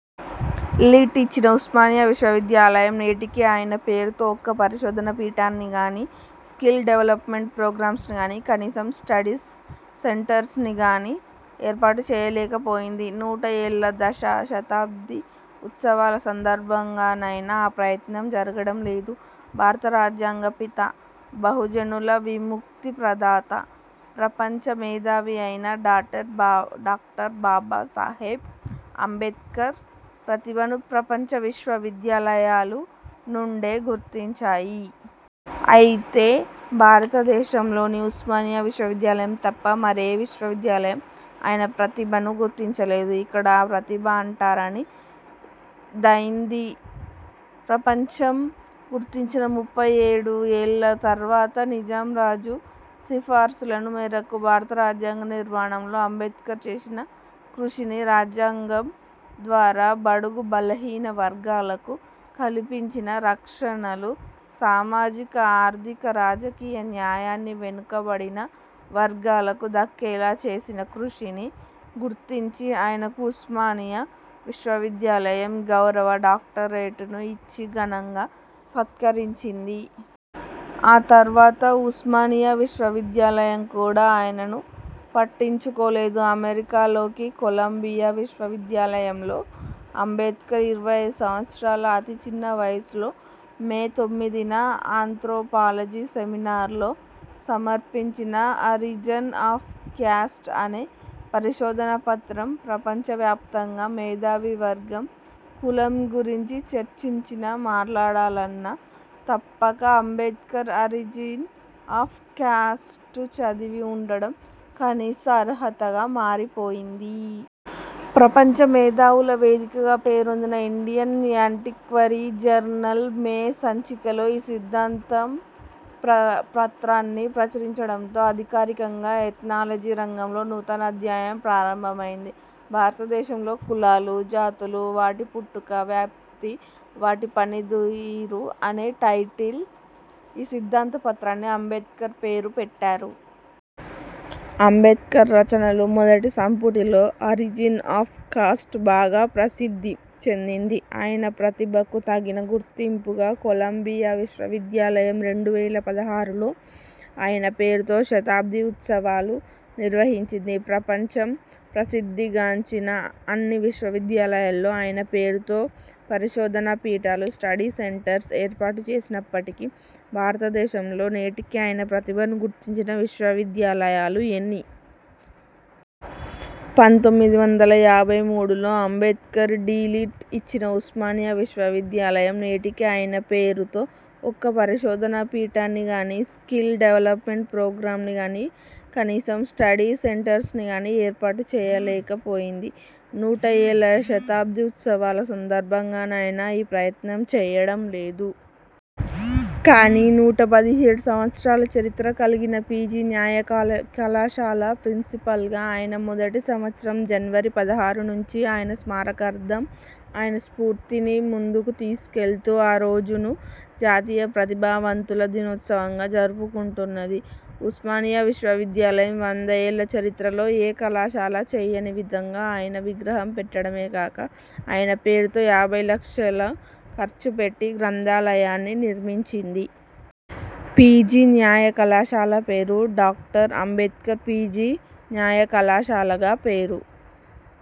Lit ఇచ్చిన ఉస్మానియా విశ్వ విద్యాలయం నేటికీ ఆయన పేరుతో ఒక్క పరిశోధన పీఠాన్ని గానీ, స్కిల్ డెవలప్మెంట్ ప్రోగ్రామ్స్ గానీ కనీసం స్టడీ సెంటర్స్ను గానీ ఏర్పాటు చేయలేక పోయింది. నూట ఏళ్ళ శతాబ్ధి ఉత్సవాల సందర్భంగానైనా ఆ ప్రయత్నం జరగడం లేదు. భారత రాజ్యాంగ పిత, బహుజనుల విముక్తి ప్రదాత ప్రపంచ మేధావి అయిన డాక్టర్ బా డాక్టర్ బాబాసాహెబ్ అంబేద్కర్ ప్రతిభను ప్రపంచ విశ్వ విద్యాలయాలు నుండే గుర్తించాయి. అయితే భారత దేశంలోని ఉస్మానియా విశ్వవిద్యాలయం తప్ప మరే విశ్వ విద్యాలయం ఆయన ప్రతిభను గుర్తించలేదు. ఇక్కడ ప్రతిభ అంటరాని దైంది. ప్రపంచం గుర్తించిన ముప్పై ఏడు ఏళ్ళ తర్వాత నిజాం రాజు సిఫారసుల మేరకు భారత రాజ్యాంగ నిర్మాణంలో అంబేద్కర్ చేసిన కృషికి, రాజ్యాంగం ద్వారా బడుగు బలహీన వర్గాలకు కల్పించిన రక్షణలు సామాజిక, ఆర్థిక, రాజకీయ న్యాయాన్ని వెనుకబడిన వర్గాలకు దక్కేలా చేసిన కృషిని గుర్తించి ఆయనకు ఉస్మానియా విశ్వ విద్యాలయం గౌరవ డాక్టరేట్ను ఇచ్చి ఘనంగా సత్కరించింది. ఆ తర్వాత ఉస్మానియా విశ్వ విద్యాలయం కూడా ఆయనను పట్టించుకోలేదు. అమెరికాలోకి కొలంబియా విశ్వ విద్యాలయంలో అంబేడ్కర్ ఇరవై ఐదు సంవత్సరాల అతి చిన్న వయసులో మే తొమ్మిదిన ఆంత్రోపాలజీ సెమినార్లో సమర్పించిన 'ఆరిజన్ ఆఫ్ క్యాస్ట్' అనే పరిశోధన పత్రం ప్రపంచ వ్యాప్తంగా మేధావి వర్గం కులం గురించి చర్చించినా మాట్లాడాలన్నా తప్పక అంబేడ్కర్ ఆరిజిన్ ఆఫ్ కాస్ట్ను చదివి ఉండడం కనీస అర్హతగా మారిపోయింది. ప్రపంచ మేధావుల వేదికగా పేరొందిన 'ఇండియన్ యాంటిక్వరీ జర్నల్' మే సంచికలో ఈ సిద్ధాంత ప్ర పత్రాన్ని ప్రచురించడంతో అధికారికంగా ''ఎథ్నాలజీ'' రంగంలో నూతన అధ్యాయం ప్రారంభం అయింది. భారతదేశంలో కులాలు, జాతులు, వాటి పుట్టుక, వ్యాప్తి, వాటి పనితీరు, అనే టైటిల్ ఈ సిద్ధాంత పత్రానికి అంబేడ్కర్ పేరు పెట్టారు. అంబేద్కర్ రచనలు మొదటి సంపుటిలో 'ఆరిజిన్ ఆఫ్ కాస్ట్' బాగా ప్రసిద్ధి చెందింది. ఆయన ప్రతిభకు తగిన గుర్తింపుగా కొలంబియా విశ్వ విద్యాలయం రెండు వేల పదహారులో ఆయన పేరుతో శతాబ్ధి ఉత్సవాలు నిర్వహించింది. ప్రపంచ ప్రసిద్ధి గాంచిన అన్ని విశ్వ విద్యాలయాల్లో ఆయన పేరుతో పరిశోధన పీఠాలు, స్టడీ సెంటర్స్ ఏర్పాటు చేసినప్పటికీ భారతదేశంలో నేటికి ఆయన ప్రతిభను గుర్తించిన విశ్వవిద్యాలయాలు ఎన్ని? పంతొమ్మిది వందల యాభై మూడులో అంబేడ్కర్కు డి. లిట్ ఇచ్చిన ఉస్మానియా విశ్వ విద్యాలయం నేటికి ఆయన పేరుతో ఒక్క పరిశోధన పీఠాన్ని గానీ, స్కిల్ డెవలప్మెంట్ ప్రోగ్రామ్స్ గానీ కనీసం స్టడీ సెంటర్స్ను గానీ ఏర్పాటు చేయలేక పోయింది. నూట ఏళ్ళ శతాబ్ధి ఉత్సవాల సందర్భంగానైనా ఆ ప్రయత్నం చేయడం లేదు. కానీ నూట పదిహేడు సంవత్సరాల చరిత్ర కల్గిన పీజీ న్యాయ కా కళాశాల ప్రిన్సిపల్గా అయిన మొదటి సంవత్సరం జనవరి పదహారు నుంచి ఆయన స్మారకార్థం, ఆయన స్ఫూర్తిని ముందుకు తీసుకెళ్తూ ఆ రోజును జాతీయ ప్రతిభావంతుల దినోత్సవంగా జరుపుకుంటున్నది. ఉస్మానియా విశ్వ విద్యాలయం వందేళ్ళ చరిత్రలో ఏ కళాశాల చేయని విధంగా ఆయన విగ్రహం పెట్టడమే కాక, ఆయన పేరుతో యాభై లక్షలు ఖర్చు పెట్టి గ్రంథాలయాన్ని నిర్మించింది. పీజీ న్యాయ కళాశాల పేరు డాక్టర్ అంబేడ్కర్ పీజీ న్యాయ కళాశాలగా పేరు